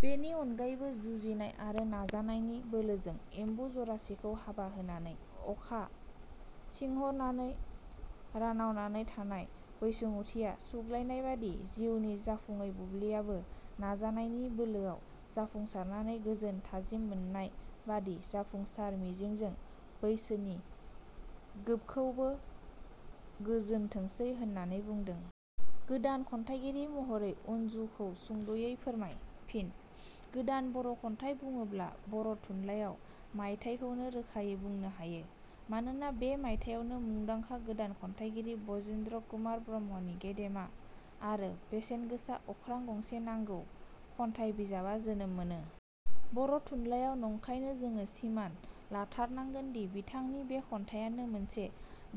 बेनि अनगायैबो जुजिनाय आरो नाजानायनि बोलोजों एम्बु जरासेखौ हाबा होनानै अखा सिंहरनानै रानावनानै थानाय बैसोमुथिया सुग्लायनायबादि जिउनि जाफुङै बुब्लियाबो नाजानायनि बोलो आव जाफुंसारनानै गोजोन थाजिम मोननाय बादि जाफुंसार मिजिंजों बैसोनि गोबखौबो गोजोनथोंसै होननानै बुंदों। गोदान खन्थाइगिरि महरै अन्जुखौ सुंदवै फोरमाय। फिन: गोदान बर' खन्थाइ बुङोब्ला बर' थुनलायाव मायथाइखौनो रोखायै बुंनो हायो। मानोना बे मायथायावनो मुदांखा गोदान खन्थाइगिरि ब्रजेन्द्र कुमार ब्रह्मनि गेदेमा आरो बेसेनगोसा अख्रां गंसे नांगौ खन्थाइ बिजाबा जोनोम मोनो। बर' थुनलायाव नंखायनो जोङो सिमान लाथारनांगोनदि बिथांनि बे खन्थाइयानो मोनसे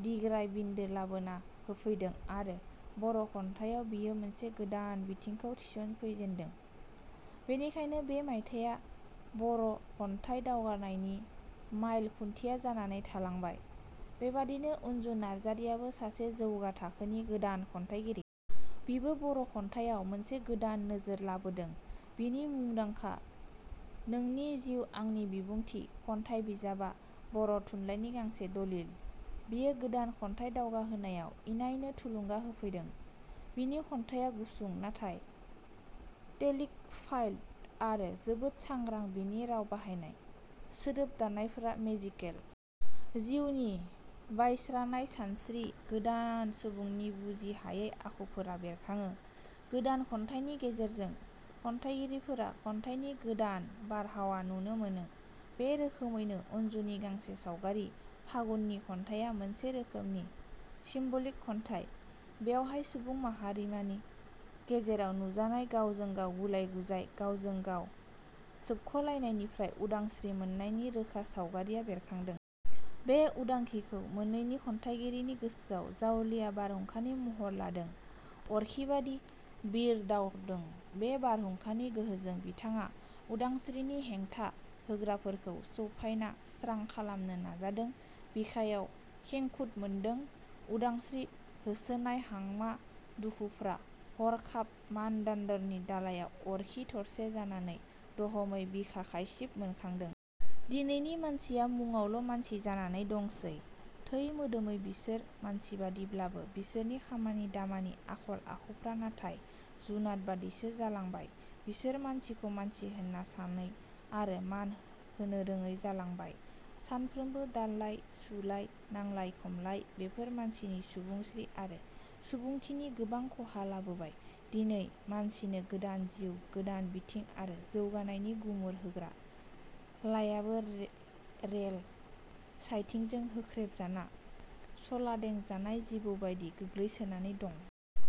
दिग्राय बिन्दो लाबोना होफैदों आरो बर' खन्थायाव बियो मोनसे गोदान बिथिंखौ थिसनफैजेनो। बेनिखायनो बे मायथायानो बर' खन्थाइ दावगानायनि माइल खुन्थिया जानानै थालांबाय। बेबादिनो अनजु नार्जारीयाबो सासे जौगा थाखोनि गोदान खन्थाइगिरि। बिबो बर' खन्थाइयाव मोनसे गोदान नोजोर लाबोदों बिनि मुंदांखा नोंनि जिब आंनि बिबुथिं' खन्थाइ बिजाबा बर' थुनलाइनि गांसे दलिल। बियो गोदान 'खन्थाइ दावगाहोनायाव इनायनो थुलुंगा होफैदों। बिनि खन्थाइया गुसुं नाथाय टेलिक फाइड आरो जोबोद सांग्रा बिनि राव बाहायनाय, सोदोब दानायफोरा मेजिकेल। जिउनि बायस्रानाय सानस्त्रि, गोदान सुबुंनि बुजि हायै आखुफोरा बेरखादों। गोदान खन्थाइनि गेजेरजों खन्थाइगिरिफोरा खन्थाइनि गोदान बारहावा नुनो मोनो। बे रोखोमैनो अनजुनि गांसे सावगारि फागुननि खन्थाइया मोनसे रोखोमनि सिम्बलिक खन्थाइ बेवहाय सुबुं हारिमानि गेजेराव नुजानाय गावजों गाव गुलाय गुजाय, गावजों गाव सोबख'लायनायनिफ्राय उदांस्रि मोननायनि रोखा सावगारिया बेरखादों। बे उदांखिखौ मोनैनि खन्थाइगिरिनि गोसोआव जावलिया बारहुंखानि महर लादों अरखिबादि बिरखांदावदों ने बारहुंखानि गोहोजों बिथाङा उदांस्रिनि हेंथा होग्राफोरखौ सौफाइना स्रां खालामनो नाजादों बिखायाव खेंखुद मोनदों। उदांस्रि होसोनाय हांमा दुखुफ्रा हरखाब मानदारनि दालाइआव अरखि थरसे जानानै दहमै बिखा खायसिब मोनखांदों। " दिनैनि मानसिया मुङावल मानसि जानानै दंसै थै मोदोमै बिसोर मानसिबादि ब्लाबो बिसोरनि खामानि दामानि आखल आखुफ्रा नाथाय जुनादबादिसो जालांबाय बिसोर मानसिखौ मानसि होन्ना सानै आरो मान होनोरोङै जालांबाय सानफ्रोमो दानलाय सु-लाय, नांलाय-खमलाय बेफोर मानसिनि सुबुंस्रि आरो सुबुंथिनि गोबां खहा लाबोबाय दिनै मानसिनो गोदान जिउ, गोदान बिथिं आरो जौगानायनि गुमुर होग्रा लाययाबो रेल सायथिंजों होख्रेम जाना सलादें जानाय जिबौबादि गोग्लैसोनानै दं।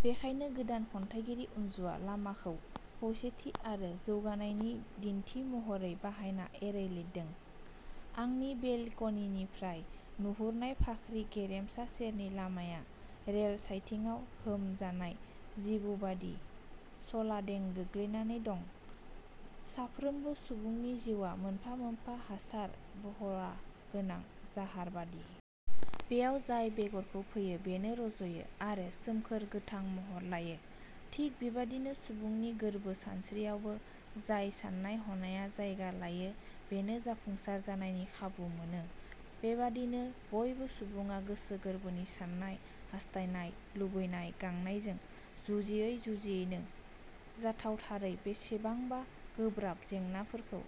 बेखायनो गोदान खन्थाइगिरि अन्जुवा लामाखौ खोसेथि आरो जौगानायनि दिन्थि महरै बाहायना एरै लिरदों- आंनि बेलकनिनिफ्राय नुहरनाय फाख्रि गेरेमसा सेरनि लामाया रेल सायथिङाव होम जानाय जिबौबादि सलादें गोग्लैनाने दं। साफ्रोमबो सुबुंनि जिउवा मोनफा मोनफा हासार बरहा गोनां जाहारबादि। बेयाव जाय बेगरखौ फोयो बेनो रजयो आरो सोमखोर गोथां महर लायो थिग बेबादिनो सुबुंनि गोरबो सानस्रियावबो जाय साननाय हनाया जायगा लायो बेनो जाफुंसार जानायनि खाबु मोनो बेबादिनो बयबो सुबुङा गोसो गोरबोनि साननाय, हास्थायनाय, लुबैनाय-गांनायजों जुजियै जुजियैनो जाथावथारै बेसेबांबा गोब्राब जेंनाखौबो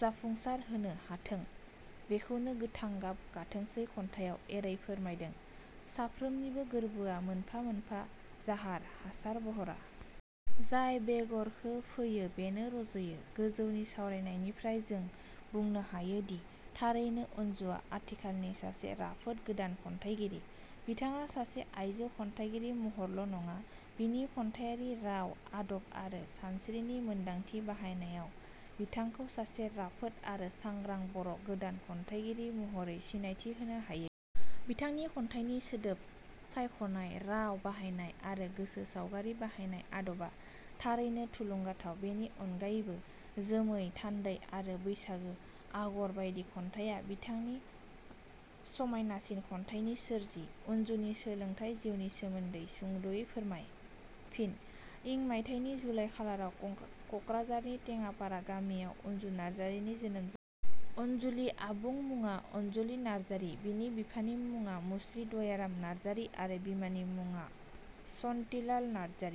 जाफुंसार होनो हाथो बेखौनो 'गोथां गाब गाथोंसै' खन्थायाव एरै फोरमायदों- 'साफ्रोमनिबो गोर्बोआ मोनफा मोनफा जाहार हासार-बहा। जाय बेगरखोफोयो बेनो रजयो। गोजौनि सावरायनायनिफ्राय जों बुंनो हायोदि थारैनो अनजुवा आथिखालनि सासे राफोद गोदान खन्थाइगिरि। बिथाङा सासे आइजो खन्थाइगिरि महरैल नङा बिनि खन्थाइयारि राव आदब आरो सानस्रि मोन्दांथि बाहायनायाव बिथांखौ सासे राफोद आरो सांग्रा बर गोदान खन्थाइगिरि महरै सिनायथि होनो हायो। बिथांनि खन्थाइनि सोदोब सायखनाय, राव बाहायनाय, आरो गोसो सावगारि बाहायनाय, आदबा थारैनो थुलुंगाथाव बेनि अनगायैबो, 'जोमै थान्दै' आरो 'बैसागो 'आगर बाइदि खन्थाइया बिथांनि समाइनासिन खन्थाइनि सोरजि अनजुनि सोलोंथाय जिवनि सोमोन्दै सुंदवै फोरमाय। फिन:इं मायथाइनि जुलाइ खालाराव कक्राझारनि टेङापारा गामियाव अन्जु नार्जारीनि जोनोम जायो। अनजुलि आबुं मुङा अन्जलि नार्जारी बिनि बिफानि मुङा मुस्रि दयाराम नार्जारी आरो बिमानि मुङा शन्तिलाल नारजारि।